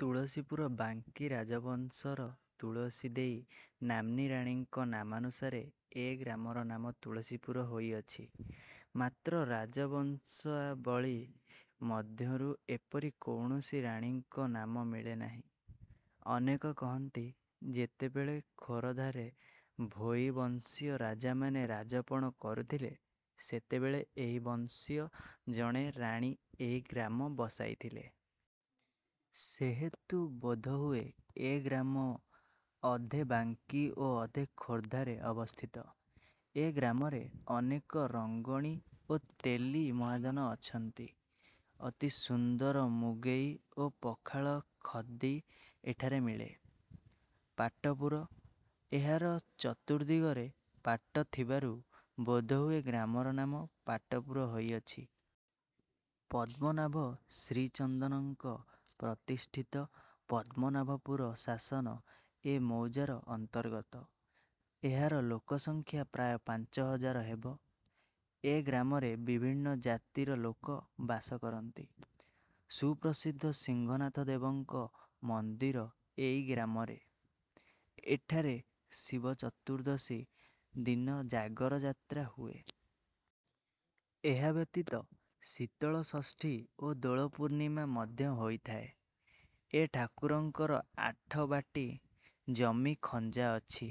ତୁଳସୀପୁର- ବାଙ୍କୀ ରାଜବଂଶର ତୁଳସୀ ଦେଈ ନାମ୍ନୀ ରାଣୀଙ୍କ ନାମାନୁସାରେ ଏ ଗ୍ରାମର ନାମ ତୁଳସୀପୁର ହୋଇଅଛି। ମାତ୍ର ରାଜବଂଶାବଳୀ ମଧ୍ୟରୁ ଏପରି କୌଣସି ରାଣୀଙ୍କ ନାମ ମିଳେ ନାହିଁ। ଅନେକେ କହନ୍ତି, ଯେତେବେଳେ ଖୋରଧାରେ ଭୋଇ ବଂଶୀୟ ରାଜାମାନେ ରାଜପଣ କରୁଥିଲେ, ସେତେବେଳେ ସେହି ବଂଶୀୟ ଜଣେ ରାଣୀ ଏହି ଗ୍ରାମ ବସାଇଥିଲେ। ସେହେତୁ ବୋଧହୁଏ ଏ ଗ୍ରାମ ଅଧେ ବାଙ୍କୀ ଓ ଅଧେ ଖୋର୍ଦ୍ଧାରେ ଅବସ୍ଥିତ। ଏ ଗ୍ରାମରେ ଅନେକ ରଙ୍ଗଣୀ ଓ ତେଲୀ ମହାଜନ ଅଛନ୍ତି। ଅତି ସୁନ୍ଦର ମୁଗେଇ ଓ ପଖାଳ ଖଦୀ ଏଠାରେ ମିଳେ। ପାଟପୁର- ଏହାର ଚତୁର୍ଦ୍ଦିଗରେ ପାଟ ଥିବାରୁ ବୋଧହୁଏ ଗ୍ରାମର ନାମ ପାଟପୁର ହୋଇଅଛି। ପଦ୍ମନାଭ ଶ୍ରୀଚନ୍ଦନଙ୍କ ପ୍ରତିଷ୍ଠିତ ପଦ୍ମନାଭପୁର ଶାସନ ଏ ମୌଜାର ଅନ୍ତର୍ଗତ। ଏହାର ଲୋକସଂଖ୍ୟା ପ୍ରାୟ ପାଞ୍ଚ ହଜାର ହେବ। ଏ ଗ୍ରାମରେ ବିଭିନ୍ନ ଜାତିର ଲୋକ ବାସ କରନ୍ତି। ସୁପ୍ରସିଦ୍ଧ ସିଂହନାଥଦେବଙ୍କ ମନ୍ଦିର ଏଇ ଗ୍ରାମରେ। ଏଠାରେ ଶିବ ଚତୁର୍ଦ୍ଦଶୀ ଦିନ ଜାଗର ଯାତ୍ରା ହୁଏ। ଏହା ବ୍ୟତୀତ ଶୀତଳ ଷଷ୍ଠୀ ଓ ଦୋଳ ପୂର୍ଣ୍ଣିମା ମଧ୍ୟ ହୋଇଥାଏ। ଏ ଠାକୁରଙ୍କର ଆଠ ବାଟୀ ଜମି ଖଞ୍ଜା ଅଛି।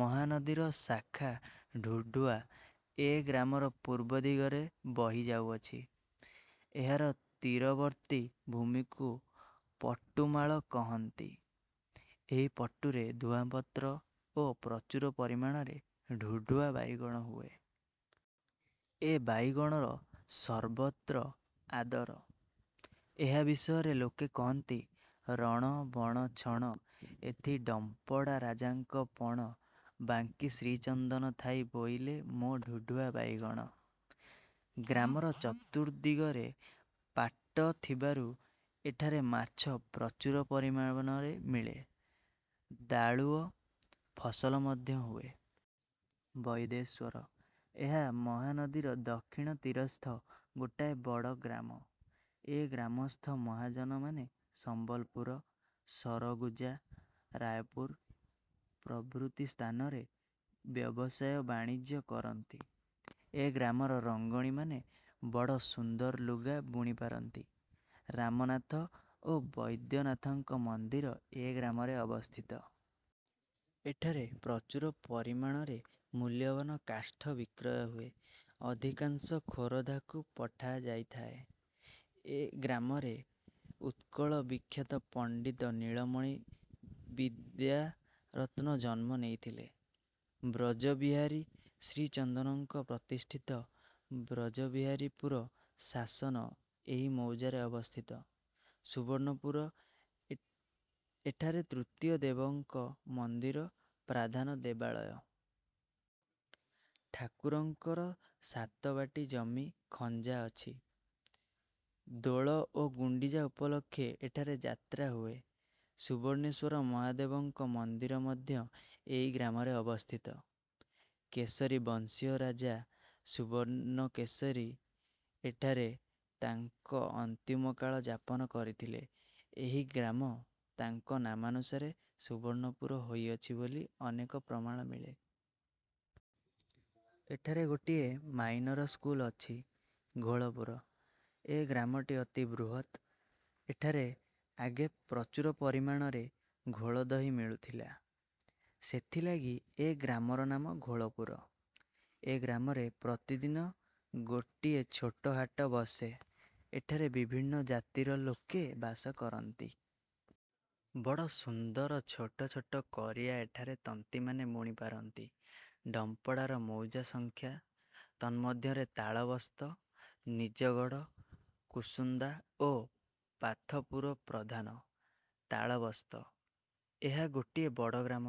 ମହାନଦୀର ଶାଖା ଢୁଢ଼ୁଆ ଏ ଗ୍ରାମର ପୂର୍ବ ଦିଗରେ ବହି ଯାଉଅଛି। ଏହାର ତୀରବର୍ତ୍ତୀ ଭୂମିକୁ "ପଟୁମାଳ" କହନ୍ତି। ଏହି ପଟୁରେ ଧୂଆଁପତ୍ର ଓ ପ୍ରଚୁର ପରିମାଣରେ ଢୁଢ଼ୁଆ ବାଇଗଣ ହୁଏ। ଏ ବାଇଗଣର ସର୍ବତ୍ର ଆଦର। ଏହା ବିଷୟରେ ଲୋକେ କହନ୍ତି- "ରଣ ବଣ ଛଣ−ଏଥି ଡମ୍ପଡ଼ା ରାଜାଙ୍କ ପଣ ବାଙ୍କୀ ଶ୍ରୀଚନ୍ଦନ ଥାଇ ବୋଇଲେ ମୋ ଢୁଢ଼ୁଆ ବାଇଗଣ। '' ଗ୍ରାମର ଚତୁର୍ଦ୍ଦିଗରେ ପାଟ ଥିବାରୁ ଏଠାରେ ମାଛ ପ୍ରଚୁର ପରିମାଣରେ ମିଳେ। ଦାଳୁଅ। ଫସଲ ମଧ୍ୟ ହୁଏ। ବୈଦ୍ୟେଶ୍ଵର- ଏହା ମହାନଦୀର ଦକ୍ଷିଣ ତୀରସ୍ଥ ଗୋଟାଏ ବଡ଼ ଗ୍ରାମ। ଏ ଗ୍ରାମସ୍ଥ ମହାଜନମାନେ ସମ୍ବଲପୁର, ସରଗୁଜା, ରାୟପୁର ପ୍ରଭୃତି ସ୍ଥାନରେ ବ୍ୟବସାୟ ବାଣିଜ୍ୟ କରନ୍ତି। ଏ ଗ୍ରାମର ରଙ୍ଗଣିମାନେ ବଡ଼ ସୁନ୍ଦର ଲୁଗା ବୁଣି ପାରନ୍ତି। ରାମନାଥ ଓ ବୈଦ୍ୟନାଥଙ୍କ ମନ୍ଦିର ଏ ଗ୍ରାମରେ ଅବସ୍ଥିତ। ଏଠାରେ ପ୍ରଚୁର ପରିମାଣରେ ମୁଲ୍ୟବାନ କାଷ୍ଠ ବିକ୍ରୟ ହୁଏ। ଅଧିକାଂଶ ଖୋରଧାକୁ ପଠାଯାଇଥାଏ। ଏ ଗ୍ରାମରେ ଉତ୍କଳ-ବିଖ୍ୟାତ ପଣ୍ଡିତ ନୀଳମଣି ବିଦ୍ୟାରତ୍ନ ଜନ୍ମ ହୋଇଥିଲେ। ବ୍ରଜବିହାରୀ ଶ୍ରୀଚନ୍ଦନଙ୍କ ପ୍ରତିଷ୍ଠିତ ବ୍ରଜବିହାରୀପୁର ଶାସନ ଏହି ମୌଜାରେ ଅବସ୍ଥିତ। ସୁବର୍ଣ୍ଣପୁର- ଏଠାରେ ତୃତୀୟା ଦେବଙ୍କ ମନ୍ଦିର ପ୍ରଧାନ ଦେବାଳୟ। ଠାକୁରଙ୍କର ସାତବାଟୀ ଜମି ଖଞ୍ଜା ଅଛି। ଦୋଳ ଓ ଗୁଣ୍ଡିଚା ଉପଲକ୍ଷେ ଏଠାରେ ଯାତ୍ରା ହୁଏ। ସୁବର୍ଣ୍ଣେଶ୍ଵର ମହାଦେବଙ୍କ ମନ୍ଦିର ମଧ୍ୟ ଏଇ ଗ୍ରାମରେ ଅବସ୍ଥିତ। କେଶରୀ ବଂଶୀୟ ରାଜା ସୁବର୍ଣ୍ଣକେଶରୀ ଏଠାରେ ତାଙ୍କ ଅନ୍ତିମକାଳ ଯାପନ କରିଥିଲେ। ଏହି ଗ୍ରାମ ତାଙ୍କ ନାମାନୁସାରେ ସୁବର୍ଣ୍ଣପୁର ହୋଇଅଛି ବୋଲି ଅନେକ ପ୍ରମାଣ ମିଳେ। ଏଠାରେ ଗୋଟିଏ ମାଇନର ସ୍କୁଲ ଅଛି। ଘୋଳପୁର- ଏ ଗ୍ରାମଟି ଅତି ବୃହତ୍। ଏଠାରେ ଆଗେ ପ୍ରଚୁର ପରିମାଣରେ ଘୋଳ ଦହି ମିଳୁଥିଲା; ସେଥିଲାଗି ଏ ଗ୍ରାମର ନାମ ଘୋଳପୁର। ଏ ଗ୍ରାମରେ ପ୍ରତିଦିନ ଗୋଟିଏ ଛୋଟ ହାଟ ବସେ। ଏଠାରେ ବିଭିନ୍ନ ଜାତିର ଲୋକେ ବାସ କରନ୍ତି। ବଡ଼ ସୁନ୍ଦର ଛୋଟ ଛୋଟ କରିଆ ଏଠାର ତନ୍ତିମାନେ ବୁଣି ପାରନ୍ତି। ଡମ୍ପଡ଼ାର ମୌଜା ସଂଖ୍ୟା। ତନ୍ମଧ୍ୟରେ ତାଳବସ୍ତ, ନିଜଗଡ଼, କୁସୁନ୍ଦା ଓ ପାଥପୁର ପ୍ରଧାନ। ତାଳବସ୍ତ- ଏହା ଗୋଟିଏ ବଡ଼ ଗ୍ରାମ।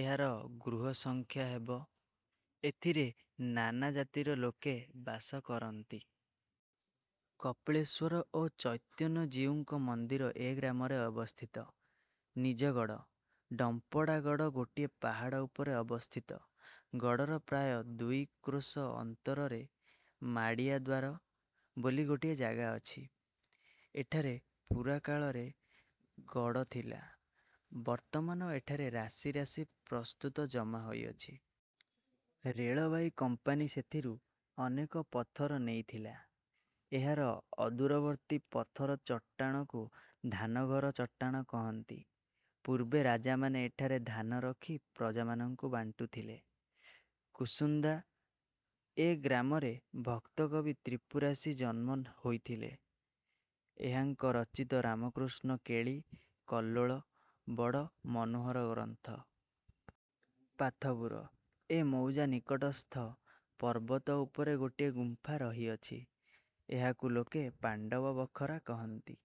ଏହାର ଗୃହସଂଖ୍ୟା ହେବ। ଏଥିରେ ନାନା ଜାତିର ଲୋକେ ବାସ କରନ୍ତି। କପିଳେଶ୍ଵର ଓ ଚୈତନ୍ୟଜୀଉଙ୍କ ମନ୍ଦିର ଏ ଗ୍ରାମରେ ଅବସ୍ଥିତ। ନିଜଗଡ଼- ଡମ୍ପଡ଼ା ଗଡ଼ ଗୋଟିଏ ପାହାଡ଼ ଉପରେ ଅବସ୍ଥିତ। ଗଡ଼ର ପ୍ରାୟ ଦୁଇ କ୍ରୋଶ ଅନ୍ତରରେ "ମାଡ଼ିଆ ଦ୍ଵାର'' ବୋଲି ଗୋଟିଏ ଜାଗା ଅଛି। ଏଠାରେ ପୁରାକାଳରେ ଗଡ଼ ଥିଲା। ବର୍ତ୍ତମାନ ଏଠାରେ ରାଶି ରାଶି ପ୍ରସ୍ତର ଜମା ହୋଇଅଛି। ରେଳବାଇ କମ୍ପାନୀ ସେଥିରୁ ଅନେକ ପଥର ନେଇଥିଲା। ଏହାର ଅଦୂରବର୍ତ୍ତୀ ପଥର ଚଟାଣକୁ "ଧାନଘର ଚଟାଣ" କହନ୍ତି। ପୂର୍ବେ ରାଜାମାନେ ଏଠାରେ ଧାନ ରଖି ପ୍ରଜାମାନଙ୍କୁ ବାଣ୍ଟୁଥିଲେ। କୁସୁନ୍ଦା- ଏ ଗ୍ରାମରେ ଭକ୍ତକବି ତ୍ରିପୁରାରି ଦାସ ଜନ୍ମ ହୋଇଥିଲେ। ଏହାଙ୍କ ରଚିତ "ରାମକୃଷ୍ଣ କେଳି−କଲ୍ଲୋଳ'' ବଡ଼ ମନୋହର ଗ୍ରନ୍ଥ। ପାଥପୁର- ଏ ମୌଜା ନିକଟସ୍ଥ ପର୍ବତ ଉପରେ ଗୋଟିଏ ଗୁମ୍ଫା ରହିଅଛି। ଏହାକୁ ଲୋକେ "ପାଣ୍ଡବ ବଖରା " କହନ୍ତି।